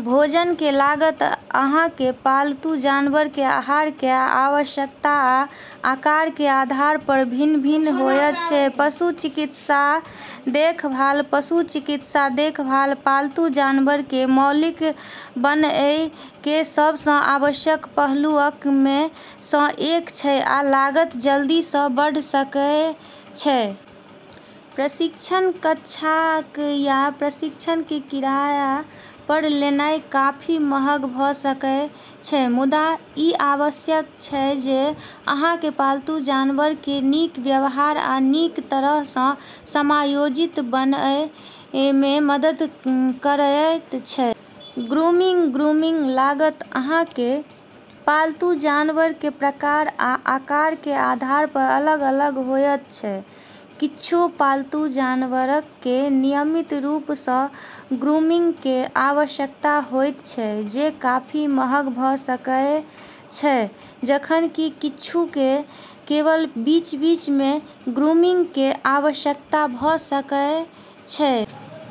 भोजन कें लागत अहां कें पालतू जानवर कें आहार कें आवश्यकता आ आकार कें आधार पर भिन्न-भिन्न होयत छै. पशु चिकित्सा देखभाल: पशु चिकित्सा देखभाल पालतू जानवर कें मालिक बनएय कें सब सं आवश्यक पहलुअक मे सं एक छै, आ लागत जल्दी सं बढ़ सकएय छै. प्रशिक्षण कक्षाक या प्रशिक्षक कें किराया पर लेनाय काफी महग भ सकएय छै मुदा इ आवश्यक छै, जे अहां कें पालतू जानवर कें नीक व्यवहार आ नीक तरह सं समायोजित बनएय मे मदद करएयत छै. ग्रूमिंग: ग्रूमिंग लागत अहां कें पालतू जानवर कें प्रकार आ आकार कें आधार पर अलग-अलग होयत छै. किच्छू पालतू जानवरक कें नियमित रूप सं ग्रूमिंग कें आवश्यकता होयत छै, जे काफी महग भ सकएय छै, जखन कि किच्छू कें केवल बीच-बीच मे ग्रूमिंग कें आवश्यकता भ सकएय छै.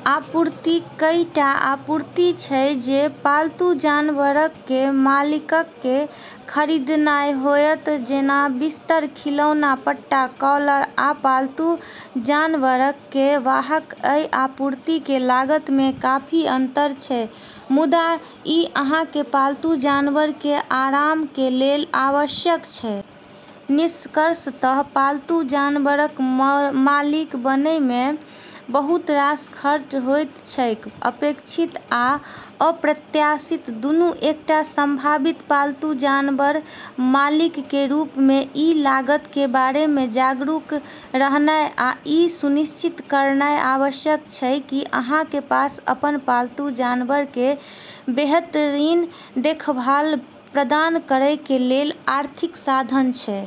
आपूर्ति: कईटा आपूर्ति छै जे पालतू जानवरक कें मालिकक कें खरीदनाय होयत, जेना बिस्तर, खिलौना, पट्टा, कॉलर, आ पालतू जानवरक कें वाहक. अइ आपूर्ति कें लागत मे काफी अंतर छै, मुदा इ अहां कें पालतू जानवर कें आराम कें लेल आवश्यक छै. निष्कर्षतः पालतू जानवरक मालिक बनय मे बहुत रास खर्च होइत छैक, अपेक्षित आ अप्रत्याशित दुनू. एकटा संभावित पालतू जानवर मालिक कें रूप मे, इ लागत कें बारे मे जागरूक रहनाय आ इ सुनिश्चित करनाय आवश्यक छै की अहां कें पास अपन पालतू जानवर कें बेहतरीन देखभाल प्रदान करय कें लेल आर्थिक साधन छै.